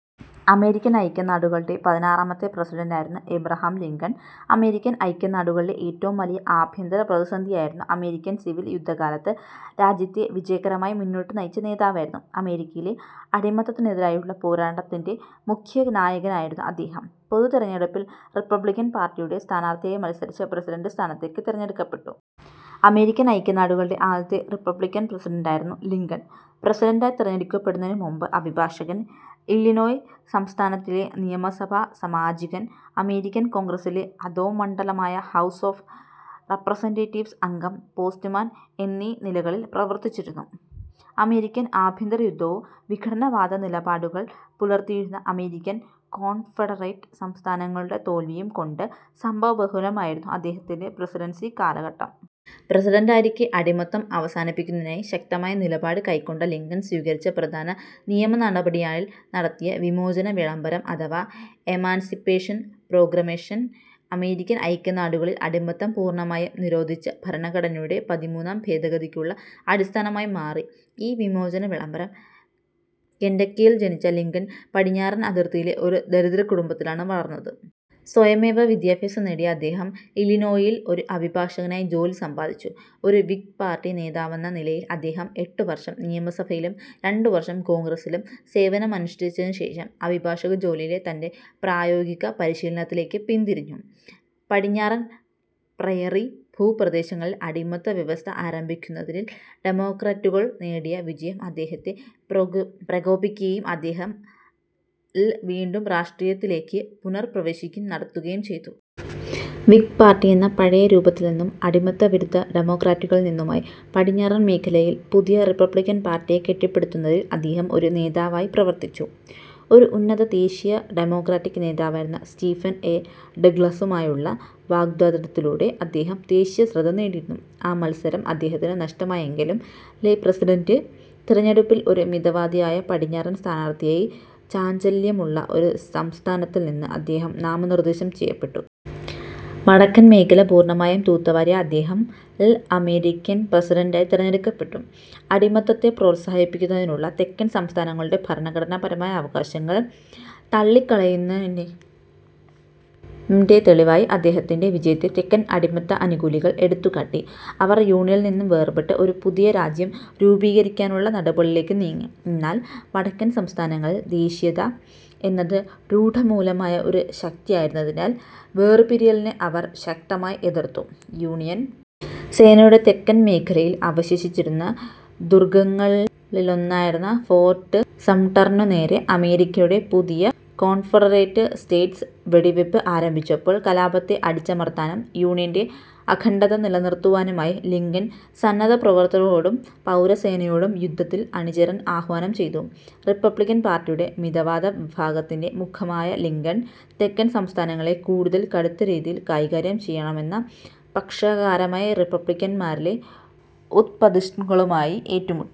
American ഐക്യനാടുകളുടെ പതിനാറാമത്തെ പ്രസിഡന്റായിരുന്ന എബ്രഹാം ലിങ്കൺ, അമേരിക്കൻ ഐക്യനാടുകളിലെ ഏറ്റവും വലിയ ആഭ്യന്തര പ്രതിസന്ധിയായിരുന്ന അമേരിക്കൻ സിവിൽ യുദ്ധകാലത്ത് രാജ്യത്തെ വിജയകരമായി മുന്നോട്ട് നയിച്ച നേതാവായിരുന്നു. അമേരിക്കയിലെ അടിമത്തത്തിനെതിരെയുള്ള പോരാട്ടത്തിൻ്റെ മുഖ്യനായകനായിരുന്നു അദ്ദേഹം. പൊതു തിരഞ്ഞെടുപ്പിൽ റിപ്പബ്ലിക്കൻ പാർട്ടിയുടെ സ്ഥാനാർഥിയായി മത്സരിച്ച് പ്രസിഡന്റ് സ്ഥാനത്തേക്ക് തിരഞ്ഞെടുക്കപ്പെട്ടു. അമേരിക്കൻ ഐക്യനാടുകളുടെ ആദ്യത്തെ റിപ്പബ്ലിക്കൻ പ്രസിഡന്റായിരുന്നു ലിങ്കൺ. പ്രസിഡന്റായി തിരഞ്ഞെടുക്കപ്പെടുന്നതിനു മുൻപ് അഭിഭാഷകൻ, ഇല്ലിനോയി സംസ്ഥാനത്തിലെ നിയമസഭാസാമാജികൻ, അമേരിക്കൻ കോൺഗ്രസ്സിലെ അധോമണ്ഡലമായ ഹൗസ് ഓഫ് റെപ്രസെന്റേറ്റീവ്സ് അംഗം, പോസ്റ്റ്മാൻ എന്നീ നിലകളിൽ പ്രവർത്തിച്ചിട്ടുണ്ട്. അമേരിക്കൻ ആഭ്യന്തര യുദ്ധവും വിഘടനവാദ നിലപാടുകൾ പുലർത്തിയിരുന്ന അമേരിക്കൻ കോൺഫെഡറേറ്റ് സംസ്ഥാനങ്ങളുടെ തോൽവിയും കൊണ്ട് സംഭവബഹുലമായിരുന്നു അദ്ദേഹത്തിൻ്റെ പ്രസിഡൻസി കാലഘട്ടം. പ്രസിഡന്റായിരിക്കെ അടിമത്തം അവസാനിപ്പിക്കുന്നതിനായി ശക്തമായ നിലപാട് കൈക്കൊണ്ട ലിങ്കൺ സ്വീകരിച്ച പ്രധാന നിയമനടപടിയാണ് ൽ നടത്തിയ വിമോചന വിളംബരം അഥവാ എമാൻസിപ്പേഷൻ പ്രോക്ലമേഷൻ. അമേരിക്കൻ ഐക്യനാടുകളിൽ അടിമത്തം പൂർണ്ണമായും നിരോധിച്ച ഭരണഘടനയുടെ പതിമൂന്നാം ഭേദഗതിക്കുള്ള അടിസ്ഥാനമായി മാറി ഈ വിമോചന വിളംബരം. കെന്റക്കിയിൽ ജനിച്ച ലിങ്കൺ പടിഞ്ഞാറൻ അതിർത്തിയിലെ ഒരു ദരിദ്ര കുടുംബത്തിലാണ് വളർന്നത്. സ്വയമേവ വിദ്യാഭ്യാസം നേടിയ അദ്ദേഹം ഇല്ലിനോയിയിൽ ഒരു അഭിഭാഷകനായി ജോലി സമ്പാദിച്ചു. ഒരു വിഗ് പാർട്ടി നേതാവെന്ന നിലയിൽ അദ്ദേഹം എട്ട് വർഷം നിയമസഭയിലും രണ്ടുവർഷം കോൺഗ്രസിലും സേവനമനുഷ്ഠിച്ചതിനുശേഷം അഭിഭാഷക ജോലിയിലെ തൻ്റെ പ്രായോഗിക പരിശീലനത്തിലേക്ക് പിന്തിരിഞ്ഞു. പടിഞ്ഞാറൻ പ്രയറി ഭൂപ്രദേശങ്ങളിൽ അടിമത്ത വ്യവസ്ഥ ആരംഭിക്കുന്നതിൽ ഡെമോക്രാറ്റുകൾ നേടിയ വിജയം അദ്ദേഹത്തെ പ്രകോപിതനാക്കുകയും അദ്ദേഹം ൽ വീണ്ടും രാഷ്ട്രീയത്തിലേക്ക് പുനഃപ്രവേശനം നടത്തുകയും ചെയ്തു. വിഗ് പാർട്ടി എന്ന പഴയ രൂപത്തിൽനിന്നും അടിമത്തവിരുദ്ധ ഡെമോക്രാറ്റുകളിൽനിന്നുമായി പടിഞ്ഞാറൻ മേഖലയിൽ പുതിയ റിപ്പബ്ലിക്കൻ പാർട്ടിയെ കെട്ടിപ്പടുക്കുന്നതിൽ അദ്ദേഹം ഒരു നേതാവായി പ്രവർത്തിച്ചു. ഒരു ഉന്നത ദേശീയ ഡെമോക്രാറ്റിക് നേതാവായിരുന്ന സ്റ്റീഫൻ എ ഡഗ്ലാസുമായുള്ള വാഗ്വാദത്തിലൂടെ അദ്ദേഹം ദേശീയ ശ്രദ്ധ നേടിയിരുന്നു. ആ മത്സരം അദ്ദേഹത്തിനു നഷ്ടമായെങ്കിലും ലെ പ്രസിഡന്റ് തിരഞ്ഞെടുപ്പിൽ ഒരു മിതവാദിയായ പടിഞ്ഞാറൻ സ്ഥാനാർത്ഥിയായി ചാഞ്ചല്യമുള്ള ഒരു സംസ്ഥാനത്തിൽനിന്ന് അദ്ദേഹം നാമനിർദ്ദേശം ചെയ്യപ്പെട്ടു. വടക്കൻ മേഖല പൂർണ്ണമായും തൂത്തുവാരിയ അദ്ദേഹം ൽ അമേരിക്കൻ പ്രസിഡന്റായി തിരഞ്ഞെടുക്കപ്പെട്ടു. അടിമത്തത്തെ പ്രോത്സാഹിപ്പിക്കുന്നതിനുള്ള തെക്കൻ സംസ്ഥാനങ്ങളുടെ ഭരണഘടനാപരമായ അവകാശങ്ങൾ തള്ളിക്കളയുന്നതിൻ്റെ തെളിവായി അദ്ദേഹത്തിൻ്റെ വിജയത്തെ തെക്കൻ അടിമത്ത അനുകൂലികൾ എടുത്തുകാട്ടി. അവർ യൂണിയനിൽ നിന്ന് വേർപെട്ട് ഒരു പുതിയ രാജ്യം രൂപീകരിക്കാനുള്ള നടപടികളിലേക്ക് നീങ്ങി. എന്നാൽ വടക്കൻ സംസ്ഥാനങ്ങളിൽ ദേശീയത എന്നത് രൂഢമൂലമായ ഒരു ശക്തിയായിരുന്നതിനാൽ വേർപിരിയലിനെ അവർ ശക്തമായി എതിർത്തു. യൂണിയൻ സേനയുടെ തെക്കൻ മേഖലയിൽ അവശേഷിച്ചിരുന്ന ദുർഗങ്ങളിലൊന്നായിരുന്ന ഫോർട്ട് സംട്ടറിനുനേരെ അമേരിക്കയുടെ പുതിയ കോൺഫെഡറേറ്റ് സ്റ്റേറ്റ്സ് വെടിവയ്പ് ആരംഭിച്ചപ്പോൾ കലാപത്തെ അടിച്ചമർത്താനും യൂണിയൻ്റെ അഖണ്ഡത നിലനിർത്തുവാനുമായി ലിങ്കൺ സന്നദ്ധപ്രവർത്തകരോടും പൗരസേനയോടും യുദ്ധത്തിൽ അണിചേരാൻ ആഹ്വാനം ചെയ്തു. റിപ്പബ്ലിക്കൻ പാർട്ടിയുടെ മിതവാദ വിഭാഗത്തിൻ്റെ മുഖമായ ലിങ്കൺ, തെക്കൻ സംസ്ഥാനങ്ങളെ കൂടുതൽ കടുത്ത രീതിയിൽ കൈകാര്യം ചെയ്യണമെന്ന പക്ഷക്കാരായ റിപ്പബ്ലിക്കൻമാരിലെ ഉത്പതിഷ്ണുക്കളുമായി ഏറ്റുമുട്ടി.